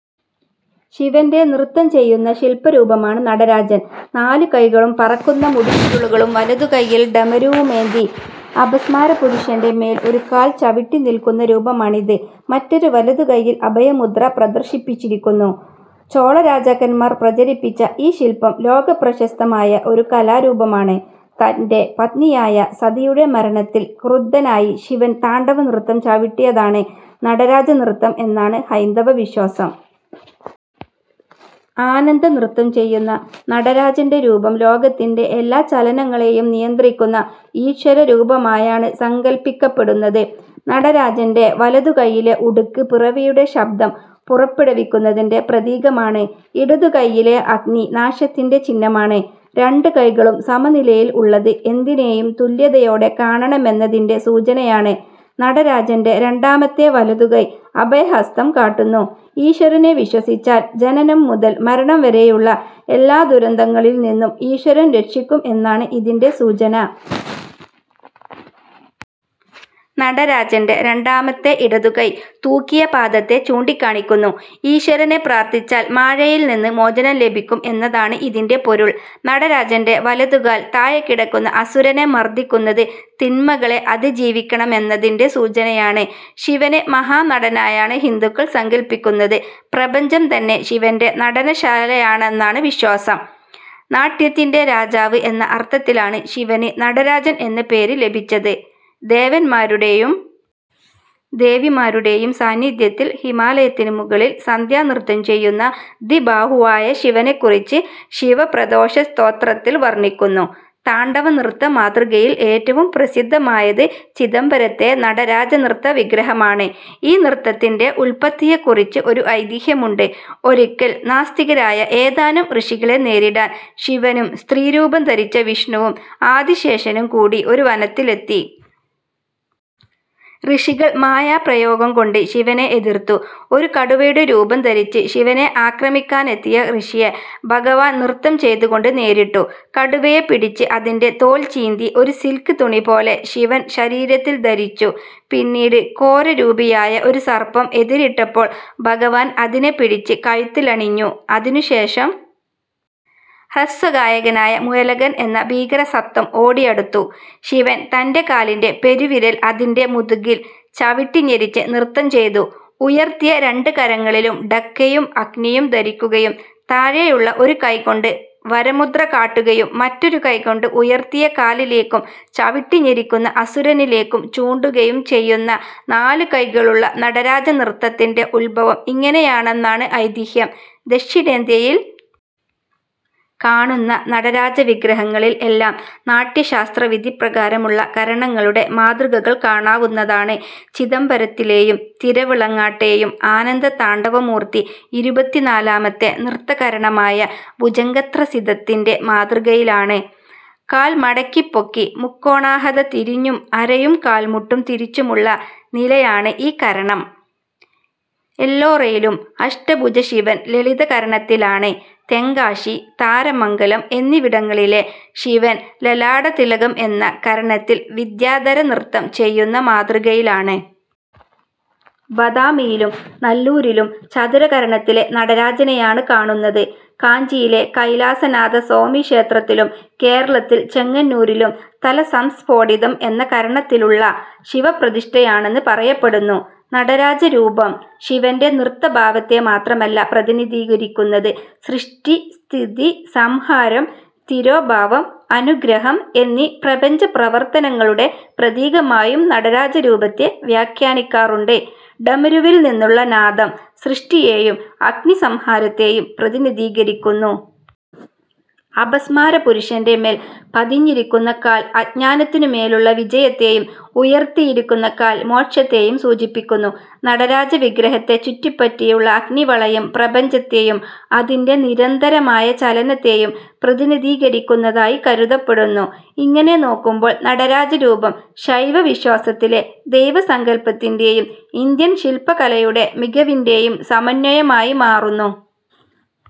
ശിവന്റെ നൃത്തം ചെയ്യുന്ന ശിൽപ്പരൂപമാണ് നടരാജൻ. നാല് കൈകളും പറക്കുന്ന മുടിച്ചുരുളുകളും വലതുകൈയിൽ ഡമരുവുമേന്തി അപസ്മാരപുരുഷന്റെ മേൽ ഒരു കാൽ ചവിട്ടിനിൽക്കുന്ന രൂപമാണിത്. മറ്റൊരു വലതുകൈയിൽ അഭയമുദ്ര പ്രദർശിപ്പിച്ചിരിക്കുന്നു. ചോളരാജാക്കന്മാർ പ്രചരിപ്പിച്ച ഈ ശിൽപ്പം ലോകപ്രശസ്തമായ ഒരു കലാരൂപമാണ്. തന്റെ പത്നിയായ സതിയുടെ മരണത്തിൽ ക്രുദ്ധനായി ശിവൻ താണ്ഡവനൃത്തം ചവിട്ടിയതാണ് നടരാജനൃത്തം എന്നാണ് ഹൈന്ദവവിശ്വാസം. ആനന്ദനൃത്തം ചെയ്യുന്ന നടരാജന്റെ രൂപം ലോകത്തിന്റെ എല്ലാ ചലനങ്ങളെയും നിയന്ത്രിക്കുന്ന ഈശ്വരരൂപമായാണ് സങ്കൽപ്പിക്കപ്പെടുന്നത്. നടരാജന്റെ വലതുകൈയിലെ ഉടുക്ക് പിറവിയുടെ ശബ്ദം പുറപ്പെടുവിക്കുന്നതിന്റെ പ്രതീകമാണ്. ഇടതുകൈയിലെ അഗ്നി നാശത്തിന്റെ ചിഹ്നമാണ്. രണ്ട് കൈകളും സമനിലയിൽ ഉള്ളത് എന്തിനെയും തുല്യതയോടെ കാണണമെന്നതിന്റെ സൂചനയാണ്. നടരാജന്റെ രണ്ടാമത്തെ വലതുകൈ അഭയഹസ്തം കാട്ടുന്നു. ഈശ്വരനെ വിശ്വസിച്ചാൽ ജനനം മുതൽ മരണം വരെയുള്ള എല്ലാ ദുരന്തങ്ങളിൽനിന്നും ഈശ്വരൻ രക്ഷിക്കും എന്നാണ് ഇതിന്റെ സൂചന. നടരാജന്റെ രണ്ടാമത്തെ ഇടതുകൈ തൂക്കിയ പാദത്തെ ചൂണ്ടിക്കാണിക്കുന്നു. ഈശ്വരനെ പ്രാർഥിച്ചാൽ മായയിൽനിന്ന് മോചനം ലഭിക്കും എന്നതാണ് ഇതിന്റെ പൊരുൾ. നടരാജന്റെ വലതുകാൽ താഴെക്കിടക്കുന്ന അസുരനെ മർദിക്കുന്നത് തിന്മകളെ അതിജീവിക്കണമെന്നതിന്റെ സൂചനയാണ്. ശിവനെ മഹാനടനായാണ് ഹിന്ദുക്കൾ സങ്കൽപ്പിക്കുന്നത്. പ്രപഞ്ചം തന്നെ ശിവന്റെ നടനശാലയാണെന്നാണ് വിശ്വാസം. നാട്യത്തിന്റെ രാജാവ് എന്ന അർഥത്തിലാണ് ശിവന് നടരാജൻ എന്ന പേര് ലഭിച്ചത്. ദേവന്മാരുടെയും ദേവിമാരുടെയും സാന്നിധ്യത്തിൽ ഹിമാലയത്തിന് മുകളിൽ സന്ധ്യാനൃത്തം ചെയ്യുന്ന ദ്വിബാഹുവായ ശിവനെക്കുറിച്ച് ശിവപ്രദോഷസ്തോത്രത്തിൽ വർണിക്കുന്നു. താണ്ഡവനൃത്ത മാതൃകയിൽ ഏറ്റവും പ്രസിദ്ധമായത് ചിദംബരത്തെ നടരാജനൃത്ത വിഗ്രഹമാണ്.ഈ നൃത്തത്തിന്റെ ഉൽപ്പത്തിയെക്കുറിച്ച് ഒരു ഐതിഹ്യമുണ്ട്. ഒരിക്കൽ നാസ്തികരായ ഏതാനും ഋഷികളെ നേരിടാൻ ശിവനും സ്ത്രീരൂപം ധരിച്ച വിഷ്ണുവും ആദിശേഷനും കൂടി ഒരു വനത്തിലെത്തി. ഋഷികൾ മായാപ്രയോഗംകൊണ്ട് ശിവനെ എതിർത്തു. ഒരു കടുവയുടെ രൂപം ധരിച്ച് ശിവനെ ആക്രമിക്കാനെത്തിയ ഋഷിയെ ഭഗവാൻ നൃത്തം ചെയ്തുകൊണ്ട് നേരിട്ടു. കടുവയെ പിടിച്ച് അതിന്റെ തോൽ ചീന്തി ഒരു സിൽക്ക് തുണിപോലെ ശിവൻ ശരീരത്തിൽ ധരിച്ചു. പിന്നീട് ഘോരരൂപിയായ ഒരു സർപ്പം എതിരിട്ടപ്പോൾ ഭഗവാൻ അതിനെ പിടിച്ച് കഴുത്തിലണിഞ്ഞു. അതിനുശേഷം ഹ്രസ്വകായനായ മുയലകൻ എന്ന ഭീകരസത്വം ഓടിയടുത്തു. ശിവൻ തന്റെ കാലിന്റെ പെരുവിരൽ അതിന്റെ മുതുകിൽ ചവിട്ടിഞെരിച്ച് നൃത്തം ചെയ്തു. ഉയർത്തിയ രണ്ട് കരങ്ങളിലും ഢക്കയും അഗ്നിയും ധരിക്കുകയും താഴെയുള്ള ഒരു കൈകൊണ്ട് വരമുദ്ര കാട്ടുകയും മറ്റൊരു കൈകൊണ്ട് ഉയർത്തിയ കാലിലേക്കും ചവിട്ടിഞെരിക്കുന്ന അസുരനിലേക്കും ചൂണ്ടുകയും ചെയ്യുന്ന നാല് കൈകളുള്ള നടരാജനൃത്തത്തിന്റെ ഉത്ഭവം ഇങ്ങനെയാണെന്നാണ് ഐതിഹ്യം. ദക്ഷിണേന്ത്യയിൽ കാണുന്ന നടരാജവിഗ്രഹങ്ങളിൽ എല്ലാം നാട്യശാസ്ത്രവിധിപ്രകാരമുള്ള കരണങ്ങളുടെ മാതൃകകൾ കാണാവുന്നതാണ്. ചിദംബരത്തിലെയും തിരുവിളങ്ങാട്ടെയും ആനന്ദതാണ്ഡവമൂർത്തി ഇരുപത്തിനാലാമത്തെ നൃത്തകരണമായ ഭൂജംഗത്രസിതത്തിന്റെ മാതൃകയിലാണ്. കാൽ മടക്കിപ്പൊക്കി മുക്കോണാഹത തിരിഞ്ഞും അരയും കാൽമുട്ടും തിരിച്ചുമുള്ള നിലയാണ് ഈ കരണം. എല്ലോറയിലും അഷ്ടഭുജശിവൻ ലളിതകരണത്തിലാണ്. തെങ്കാശി, താരമംഗലം എന്നിവിടങ്ങളിലെ ശിവൻ ലലാടതിലകം എന്ന കരണത്തിൽ വിദ്യാധരനൃത്തം ചെയ്യുന്ന മാതൃകയിലാണ്. ബദാമിയിലും നല്ലൂരിലും ചതുരകരണത്തിലെ നടരാജനെയാണ് കാണുന്നത്. കാഞ്ചിയിലെ കൈലാസനാഥസ്വാമിക്ഷേത്രത്തിലും കേരളത്തിൽ ചെങ്ങന്നൂരിലും തലസംസ്ഫോടിതം എന്ന കരണത്തിലുള്ള ശിവപ്രതിഷ്ഠയാണെന്ന് പറയപ്പെടുന്നു. നടരാജരൂപം ശിവന്റെ നൃത്തഭാവത്തെ മാത്രമല്ല പ്രതിനിധീകരിക്കുന്നത്. സൃഷ്ടി സ്ഥിതി സംഹാരം തിരോഭാവം അനുഗ്രഹം എന്നീ പ്രപഞ്ചപ്രവർത്തനങ്ങളുടെ പ്രതീകമായും നടരാജരൂപത്തെ വ്യാഖ്യാനിക്കാറുണ്ട്. ഡമരുവിൽനിന്നുള്ള നാദം സൃഷ്ടിയെയും അഗ്നി സംഹാരത്തെയും പ്രതിനിധീകരിക്കുന്നു. അപസ്മാരപുരുഷന്റെ മേൽ പതിഞ്ഞിരിക്കുന്ന കാൽ അജ്ഞാനത്തിനുമേലുള്ള വിജയത്തെയും ഉയർത്തിയിരിക്കുന്ന കാൽ മോക്ഷത്തെയും സൂചിപ്പിക്കുന്നു. നടരാജവിഗ്രഹത്തെ ചുറ്റിപ്പറ്റിയുള്ള അഗ്നിവളയം പ്രപഞ്ചത്തെയും അതിന്റെ നിരന്തരമായ ചലനത്തെയും പ്രതിനിധീകരിക്കുന്നതായി കരുതപ്പെടുന്നു. ഇങ്ങനെ നോക്കുമ്പോൾ നടരാജരൂപം ശൈവവിശ്വാസത്തിലെ ദൈവസങ്കൽപ്പത്തിന്റെയും ഇന്ത്യൻ ശിൽപ്പകലയുടെ മികവിന്റെയും സമന്വയമായി മാറുന്നു.